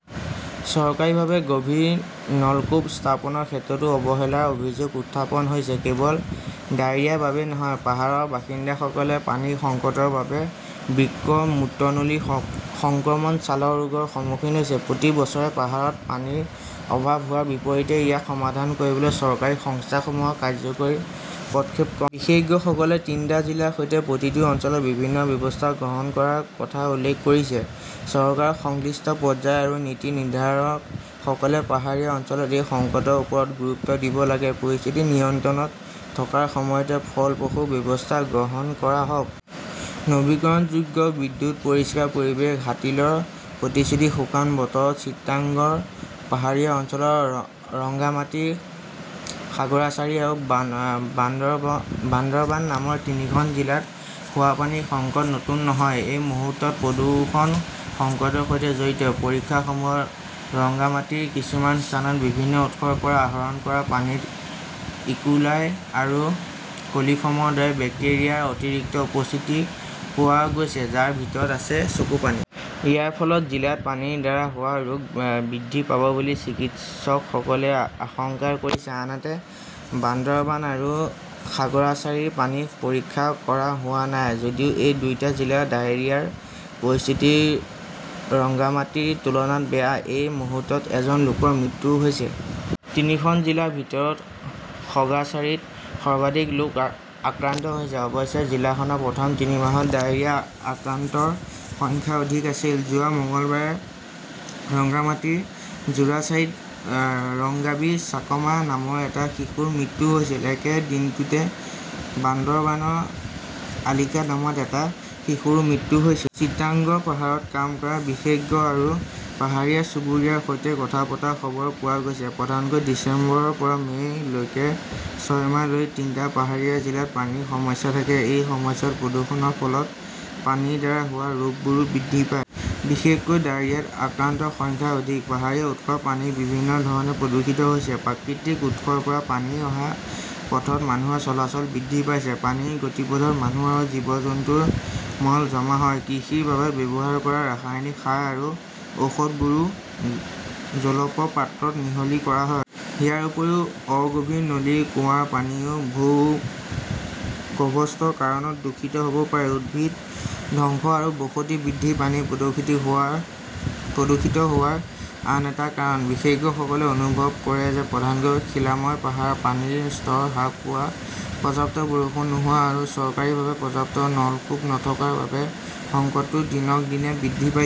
চৰকাৰীভাৱে গভীৰ নলকূপ স্থাপনৰ ক্ষেত্ৰতো অৱহেলাৰ অভিযোগ উত্থাপন হৈছে। কেৱল ডায়েৰিয়াৰ বাবেই নহয়, পাহাৰৰ বাসিন্দাসকলে পানীৰ সংকটৰ বাবে বৃক্ক, মূত্ৰনলীৰ সংক্ৰমণ, ছালৰ ৰোগৰ সন্মুখীন হৈছে। প্ৰতি বছৰে পাহাৰত পানীৰ অভাৱ হোৱাৰ বিপৰীতে ইয়াক সমাধান কৰিবলৈ চৰকাৰী সংস্থাসমূহৰ কাৰ্যকৰী পদক্ষেপ কম। বিশেষজ্ঞসকলে তিনিটা জিলাৰ সৈতে প্ৰতিটো অঞ্চলত বিভিন্ন ব্যৱস্থা গ্ৰহণ কৰাৰ কথা উল্লেখ কৰিছে। চৰকাৰৰ সংশ্লিষ্ট পৰ্যায় আৰু নীতি নিৰ্ধাৰকসকলে পাহাৰীয়া অঞ্চলত এই সংকটৰ ওপৰত গুৰুত্ব দিব লাগে। পৰিস্থিতি নিয়ন্ত্ৰণত থকাৰ সময়তে ফলপ্ৰসূ ব্যৱস্থা গ্ৰহণ কৰা হওক। নৱীকৰণযোগ্য বিদ্যুৎ, পৰিষ্কাৰ পৰিৱেশ হাতিলৰ প্ৰতিশ্ৰুতি শুকান বতৰত চিটাগংৰ পাহাৰীয়া অঞ্চলৰ ৰংগামাটি, খাগৰাচাৰী আৰু বান্দাৰবান নামৰ তিনিখন জিলাত খোৱা পানীৰ সংকট নতুন নহয়। এই মুহূৰ্তত প্ৰদূষণ সংকটৰ সৈতে জড়িত; পৰীক্ষাসমূহত ৰংগামাটীৰ কিছুমান স্থানত বিভিন্ন উৎসৰ পৰা আহৰণ কৰা পানীত ইকোলাই আৰু কলিফৰ্মৰ দৰে বেক্টেৰিয়াৰ অতিৰিক্ত উপস্থিতি পোৱা গৈছে, যাৰ ভিতৰত আছে চকুপানী। ইয়াৰ ফলত জিলাত পানীৰ দ্বাৰা হোৱা ৰোগ বৃদ্ধি পাব বুলি চিকিৎসকসকলে আশংকা কৰিছে। আনহাতে, বান্দাৰবান আৰু খাগৰাচাৰীৰ পানী পৰীক্ষা কৰা হোৱা নাই যদিও এই দুয়োটা জিলাৰ ডায়েৰিয়াৰ পৰিস্থিতি ৰংগামাটিৰ তুলনাত বেয়া। এই মুহূৰ্তত এজন লোকৰ মৃত্যু হৈছে। তিনিখন জিলাৰ ভিতৰত খগ্ৰাচৰীত সৰ্বাধিক লোক আক্ৰান্ত হৈছে। অৱশ্যে, জিলাখনৰ প্ৰথম তিনি মাহত ডায়েৰিয়াৰ আক্ৰান্তৰ সংখ্যা অধিক আছিল। যোৱা মঙলবাৰে ৰংগামাটীৰ জুৰাছাড়ীত ৰংগাবী চাকমা নামৰ এটা শিশুৰ মৃত্যু হৈছিল। একে দিনটোতে বান্দাৰবানৰ আলীকাদমত এটা শিশুৰো মৃত্যু হৈছিল। চিটাগং পাহাৰত কাম কৰা বিশেষজ্ঞ আৰু পাহাৰীয়া চুবুৰীয়াৰ সৈতে কথা পতাৰ খবৰ পোৱা গৈছে, প্ৰধানকৈ ডিচেম্বৰৰ পৰা মে' লৈকে ছয় মাহ ধৰি তিনিটা পাহাৰীয়া জিলাত পানীৰ সমস্যা থাকে। এই সময়ছোৱাত প্ৰদূষণৰ ফলত পানীৰ দ্বাৰা হোৱা ৰোগবোৰো বৃদ্ধি পায়। বিশেষকৈ ডায়েৰিয়াত আক্ৰান্তৰ সংখ্যা অধিক। পাহাৰীয়া উৎসৰ পানী বিভিন্ন ধৰণে প্ৰদূষিত হৈছে। প্ৰাকৃতিক উৎসৰ পৰা পানী অহা পথত মানুহৰ চলাচল বৃদ্ধি পাইছে। পানীৰ গতিপথত মানুহ আৰু জীৱ-জন্তুৰ মল জমা হয়। কৃষিৰ বাবে ব্যৱহাৰ কৰা ৰাসায়নিক সাৰ আৰু ঔষধবোৰো জলপ্ৰপাতত মিহলি কৰা হয়। ইয়াৰ উপৰিও অগভীৰ নলীৰ কুঁৱাৰ পানীও ভূগৰ্ভস্থ কাৰণত দূষিত হ'ব পাৰে। উদ্ভিদ ধ্বংস আৰু বসতি বৃদ্ধি পানী প্ৰদূষিত হোৱাৰ আন এটা কাৰণ। বিশেষজ্ঞসকলে অনুভৱ কৰে যে, প্ৰধানকৈ শিলাময় পাহাৰ, পানীৰ স্তৰ হ্ৰাস পোৱা, পৰ্যাপ্ত বৰষুণ নোহোৱা আৰু চৰকাৰীভাৱে পৰ্যাপ্ত নলকূপ নথকাৰ বাবে সংকটটো দিনক দিনে বৃদ্ধি পাইছে।